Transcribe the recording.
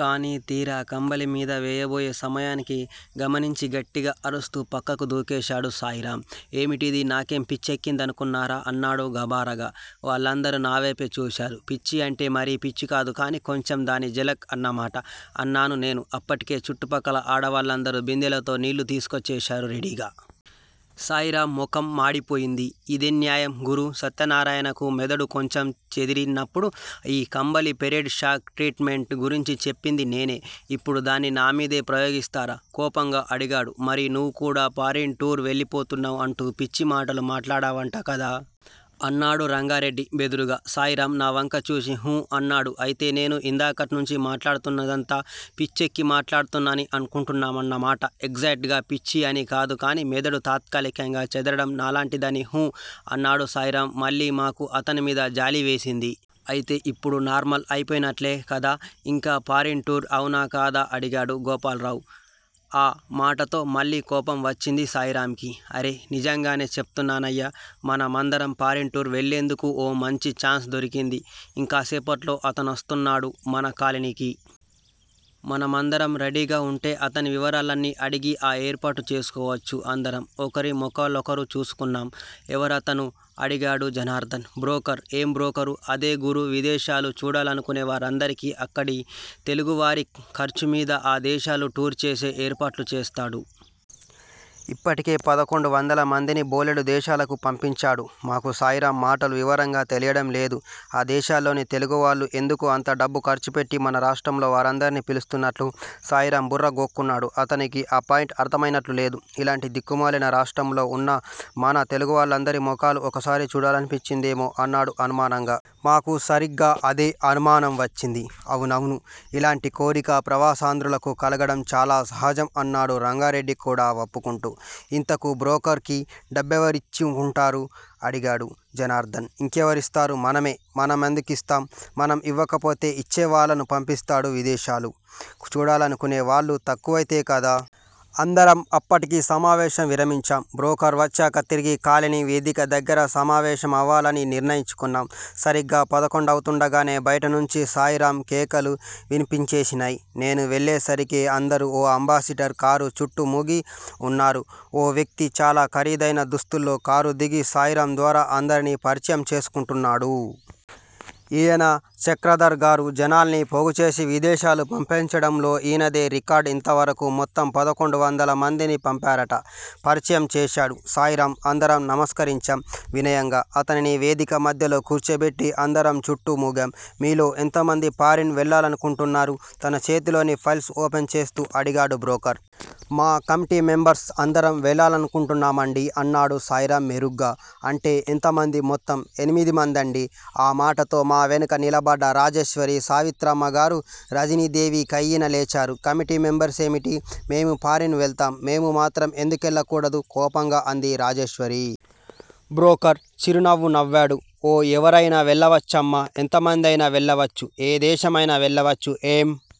కానీ తీరా కంబళి మీద వేయబోయే సమయానికి గమనించి గట్టిగా అరుస్తూ పక్కకు దూకేశాడు శాయిరామ్. ఏమిటిది? నాకేం పిచ్చెక్కిందనుకున్నారా? అన్నాడు గాబరాగా. వాళ్ళందరూ నావేపు చూశారు. పిచ్చి అంటే మరీ పిచ్చికాదు గానీ, కొంచెం దాని జలక్ అన్నమాట! అన్నాన్నేను. అప్పటికే చుట్టుపక్కల ఆడాళ్ళందరూ బిందెలతో నీళ్ళు తీసుకొచ్చేశారు రెడీగా. శాయిరామ్ మొఖం మాడిపోయింది. ఇదన్యాయం గురూ! సత్యన్నారాయణకు మెదడు కొంచెం చెదిరినప్పుడు ఈ కంబళి పెరేడ్ షాక్ ట్రీట్ మెంట్ గురించి చెప్పింది నేనే! ఇప్పుడు దాన్ని నా మీదే ప్రయోగిస్తారా? కోపంగా అడిగాడు. మరి నువ్ కూడా ఫారిన్ టూర్ వెళ్ళిపోతున్నాం అంటూ పిచ్చి మాటలు మాట్లాడావంట కదా? అన్నాడు రంగారెడ్డి బెదురుగా. శాయిరామ్ నావంక చూసి హు! అన్నాడు. అయితే నేను ఇందాకట్నుంచీ మాట్లాడుతున్నదంతా పిచ్చెక్కి మాట్లాడుతున్నానని అనుకుంటున్నావన్నమాట ఎగ్జాట్ గా పిచ్చి అని కాదు గానీ మెదడు తాత్కాలికంగా చెదరటం లాంటిదని హు! అన్నాడు శాయిరామ్ మళ్ళీ. మాకు అతని మీద జాలివేసింది. అయితే ఇప్పుడు నార్మల్ అయిపోయినట్లే గదా! ఇంక 'ఫారిన్ టూర్' అనవు కదా! అడిగాడు గోపాల్రావ్. ఆ మాటతో మళ్ళీ కోపం వచ్చింది శాయిరామ్ కి. అరె! నిజంగానే చెప్తున్నా నయ్యా! మనందరం ఫారిన్ టూర్ వెళ్ళేందుకు ఓ మాంచి ఛాన్స్ దొరికింది. ఇంకాసేపట్లో అతనొస్తున్నాడు మన కాలనీకి! మనందరం రెడీగా ఉంటే అతనిని వివరాలన్నీ అడిగి ఆ ఏర్పాటు చేసుకోవచ్చు. అందరం ఒకరి మొఖాలొకరు చూసుకున్నాం. ఎవరతను? అడిగాడు జనార్ధన్. బ్రోకర్ ఏం బ్రోకరు? అదే గురూ! విదేశాలు చూడాలనుకునే వారందరికీ అక్కడి తెలుగువారి ఖర్చుమీద ఆ దేశాలు టూర్ చేసే ఏర్పాట్లు చేస్తాడు. ఇప్పటికి పదకొండు వందల మందిని బోలెడు దేశాలకు పంపించాడు. మాకు శాయిరామ్ మాటలు వివరంగా తెలీటం లేదు. ఆ దేశాల్లోని తెలుగువాళ్లు ఎందుకు అంత డబ్బు ఖర్చుపెట్టి మన రాష్ట్రంలో వారందరినీ పిలిపిస్తున్నట్లు? శాయిరామ్ బుర్ర గోక్కున్నాడు. అతనికి ఆ పాయింట్ అర్ధమయినట్లులేదు. ఇలాంటి దిక్కుమాలిన రాష్ట్రంలో ఉన్న మన తెలుగువాళ్ళందరి మొఖాలు ఓసారి చూడాలనిపించిందేమో అన్నాడు అనుమానంగా. మాకూ సరిగ్గా అదే అనుమానం వచ్చింది. అవునవును! ఇలాంటి కోరిక ప్రవాసాంధ్రులకు కలగటం చాలా సహజం అన్నాడు రంగారెడ్డి కూడా వప్పుకుంటూ. ఇంతకూ బ్రోకర్ కి డబ్బెవరిచ్చు కుంటారు? అడిగాడు జనార్ధన్. ఇంకెవరిస్తారు? మనమే! మన మెందుకిస్తాం? మనం ఇవ్వకపోతే ఇచ్చేవాళ్ళను పంపిస్తాడు. విదేశాలు చూడాలనుకునే వాళ్ళు తక్కువయితే కదా! అందరం అప్పటికి సమావేశం విరమించాం. బ్రోకర్ వచ్చాక తిరిగి కాలనీ వేదిక దగ్గర సమావేశమవాలని నిర్ణయించుకున్నాం. సరిగ్గా పదకొండవుతూండగానే బయటనుంచి శాయిరామ్ కేకలు వినిపించేసినయ్. నేను వెళ్ళేసరికే అందరూ ఓ అంబాసిడర్ కారు చుట్టూ మూగి ఉన్నారు. ఓ వ్యక్తి చాలా ఖరీదయిన దుస్తుల్లో కారు దిగి శాయిరామ్ ద్వారా అందరినీ పరిచయం చేసుకుంటున్నాడు. ఈయన చక్రధర్ గారు! జనాల్ని పోగుచేసి విదేశాలు పంపించటంలో ఈయనదే రికార్డ్ ఇంతవరకూ మొత్తం పదకొండొందల మందిని పంపారట పరిచయం చేశాడు శాయిరామ్. అందరం నమస్కరించాం వినయంగా. అతనిని వేదిక మధ్యలో కూర్చోబెట్టి అందరం చుట్టూ మూగాం. మీలో ఎంతమంది ఫారిన్ వెళ్ళాలనుకుంటున్నారు? తన చేతిలోని ఫైల్స్ ఓపెన్ చేస్తూ అడిగాడు బ్రోకర్. మా కమిటీ మెంబర్స్ అందరం వెళ్ళాలనుకుంటున్నామండీ అన్నాడు శాయిరామ్ బెరుగ్గా. అంటే ఎంతమంది? మొత్తం ఎనిమిదిమందండీ. ఆ మాటతో మా వెనుకే నిలబడ్డ రాజేశ్వరి, సావిత్రమ్మ గారూ, రజనీదేవి కయ్యిన లేచారు. కమిటీ మెంబర్సేనేమిటి? మేమూ ఫారిన్ వెళ్తాం! మేము మాత్రం ఎందుకెళ్ళకూడదు? కోపంగా అంది రాజేశ్వరి. బ్రోకర్ చిరునవ్వు నవ్వాడు. ఓ ఎవరయినా వెళ్ళవచ్చమ్మా ఎంతమందయినా వెళ్ళవచ్చు! ఏ దేశమయినా వెళ్లవచ్చు! ఏం